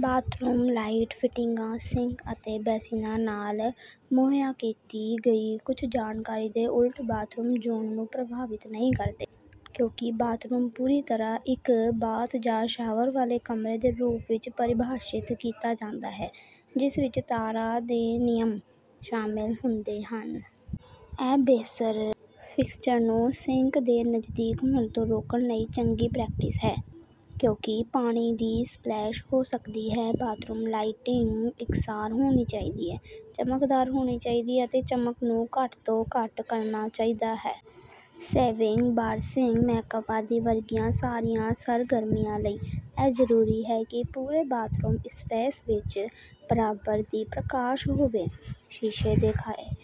Bathroom light ਫਿਟਿੰਗਾਂ, sink ਅਤੇ ਬੇਸਿਨਾਂ ਨਾਲ ਮੁਹੱਈਆ ਕੀਤੀ ਗਈ ਕੁਝ ਜਾਣਕਾਰੀ ਦੇ ਉਲਟ ਬਾਥਰੂਮ ਜੋਨ ਨੂੰ ਪ੍ਰਭਾਵਿਤ ਨਹੀਂ ਕਰਦੇ, ਕਿਉਂਕਿ ਬਾਥਰੂਮ ਪੂਰੀ ਤਰ੍ਹਾਂ ਇੱਕ ਬਾਥ ਜਾਂ ਸ਼ਾਵਰ ਵਾਲੇ ਕਮਰੇ ਦੇ ਰੂਪ ਵਿੱਚ ਪਰਿਭਾਸੀ਼ਤ ਕੀਤਾ ਜਾਂਦਾ ਹੈ, ਜਿਸ ਵਿੱਚ ਤਾਰਾਂ ਦੇ ਨਿਯਮ ਸ਼ਾਮਲ ਹੁੰਦੇ ਹਨ। ਇਹ ਬੇਅਸਰ ਫਿਕਸਚਰ ਨੂੰ ਸਿੰਕ ਦੇ ਨਜ਼ਦੀਕ ਹੋਣ ਤੋਂ ਰੋਕਣ ਲਈ ਚੰਗੀ ਪ੍ਰੈਕਟਿਸ ਹੈ, ਕਿਉਂਕਿ ਪਾਣੀ ਦੀ ਸਪਲੈਸ਼ ਹੋ ਸਕਦੀ ਹੈ। ਬਾਥਰੂਮ ਲਾਈਟਿੰਗ ਇਕਸਾਰ ਹੋਣੀ ਚਾਹੀਦੀ ਹੈ, ਚਮਕਦਾਰ ਹੋਣੀ ਚਾਹੀਦੀ ਹੈ ਅਤੇ ਚਮਕ ਨੂੰ ਘੱਟ ਤੋਂ ਘੱਟ ਕਰਨਾ ਚਾਹੀਦਾ ਹੈ। ਸੇਵਿੰਗ, ਬਰੱਸ਼ਿੰਗ, ਮੇਕਅੱਪ ਆਦਿ ਵਰਗੀਆਂ ਸਾਰੀਆਂ ਸਰਗਰਮੀਆਂ ਲਈ ਇਹ ਜ਼ਰੂਰੀ ਹੈ ਕਿ ਪੂਰੇ ਬਾਥਰੂਮ ਸਪੇਸ ਵਿੱਚ ਬਰਾਬਰ ਦੀ ਪ੍ਰਕਾਸ਼ ਹੋਵੇ। ਸ਼ੀਸ਼ੇ ਦੇ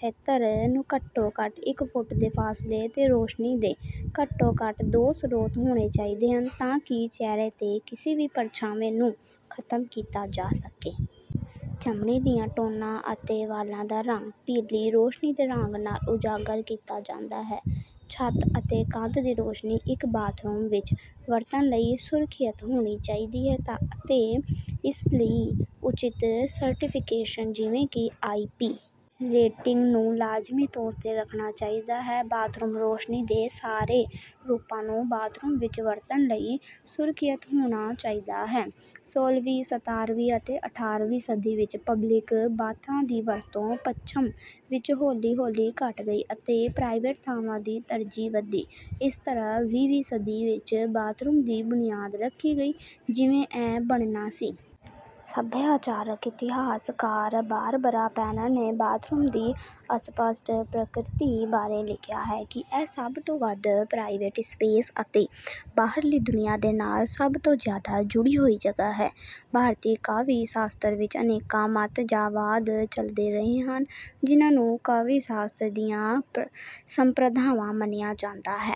ਖੇਤਰ ਨੂੰ ਘੱਟੋ-ਘੱਟ ਇੱਕ ਫੁੱਟ ਦੇ ਫਾਸਲੇ 'ਤੇ ਰੋਸ਼ਨੀ ਦੇ ਘੱਟੋ-ਘੱਟ ਦੋ ਸਰੋਤ ਹੋਣੇ ਚਾਹੀਦੇ ਹਨ ਤਾਂ ਕਿ ਚਿਹਰੇ 'ਤੇ ਕਿਸੇ ਵੀ ਪਰਛਾਵੇਂ ਨੂੰ ਖ਼ਤਮ ਕੀਤਾ ਜਾ ਸਕੇ। ਚਮੜੀ ਦੀਆਂ ਟੌਨਾਂ ਅਤੇ ਵਾਲਾਂ ਦਾ ਰੰਗ ਪੀਲੀ ਰੋਸ਼ਨੀ ਦੇ ਰੰਗ ਨਾਲ ਉਜਾਗਰ ਕੀਤਾ ਜਾਂਦਾ ਹੈ। ਛੱਤ ਅਤੇ ਕੰਧ ਦੀ ਰੌਸ਼ਨੀ ਇੱਕ ਬਾਥਰੂਮ ਵਿੱਚ ਵਰਤਣ ਲਈ ਸੁਰੱਖਿਅਤ ਹੋਣੀ ਚਾਹੀਦੀ ਹੈ ਅਤੇ ਇਸ ਲਈ ਉਚਿਤ ਸਰਟੀਫਿਕੇਸ਼ਨ ਜਿਵੇਂ ਕਿ ਆਈ.ਪੀ. ਰੇਟਿੰਗ ਨੂੰ ਲਾਜ਼ਮੀ ਤੌਰ ਤੇ ਰੱਖਣਾ ਚਾਹੀਦਾ ਹੈ। ਬਾਥਰੂਮ ਰੋਸ਼ਨੀ ਦੇ ਸਾਰੇ ਰੂਪਾਂ ਨੂੰ ਬਾਥਰੂਮ ਵਿੱਚ ਵਰਤਣ ਲਈ ਸੁਰੱਖਿਅਤ ਹੋਣਾ ਚਾਹੀਦਾ ਹੈ। ਸੋਲਵੀਂ, ਸਤਾਰਵੀਂ ਅਤੇ ਅਠਾਰਵੀਂ ਸਦੀ ਵਿੱਚ ਪਬਲਿਕ ਬਾਥਾਂ ਦੀ ਵਰਤੋਂ ਪੱਛਮ ਵਿੱਚ ਹੌਲੀ-ਹੌਲੀ ਘੱਟ ਗਈ ਅਤੇ ਪ੍ਰਾਈਵੇਟ ਥਾਵਾਂ ਦੀ ਤਰਜੀਹ ਵਧੀ, ਇਸ ਤਰ੍ਹਾਂ ਵੀਹਵੀਂ ਸਦੀ ਵਿੱਚ ਬਾਥਰੂਮ ਦੀ ਬੁਨਿਆਦ ਰੱਖੀ ਗਈ, ਜਿਵੇਂ ਇਹ ਬਣਨਾ ਸੀ। ਸੱਭਿਆਚਾਰਕ ਇਤਿਹਾਸਕਾਰ ਬਾਰਬਰਾ ਪੇਨੇਰ ਨੇ ਬਾਥਰੂਮ ਦੀ ਅਸਪਸ਼ਟ ਪ੍ਰਕਿਰਤੀ ਬਾਰੇ ਲਿਖਿਆ ਹੈ ਕਿ ਇਹ ਸਭ ਤੋਂ ਵੱਧ ਪ੍ਰਾਈਵੇਟ ਸਪੇਸ ਅਤੇ ਬਾਹਰਲੀ ਦੁਨੀਆਂ ਦੇ ਨਾਲ ਸਭ ਤੋਂ ਜ਼ਿਆਦਾ ਜੁੜੀ ਹੋਈ ਜਗ੍ਹਾ ਹੈ। ਭਾਰਤੀ ਕਾਵਿ-ਸ਼ਾਸਤਰ ਵਿੱਚ ਅਨੇਕਾਂ ਮੱਤ ਜਾਂ ਵਾਦ ਚੱਲਦੇ ਰਹੇ ਹਨ ਜਿਨ੍ਹਾਂ ਨੂੰ ਕਾਵਿ-ਸ਼ਾਸਤਰ ਦੀਆਂ ਸੰਪ੍ਰਦਾਵਾਂ ਮੰਨਿਆ ਜਾਂਦਾ ਹੈ।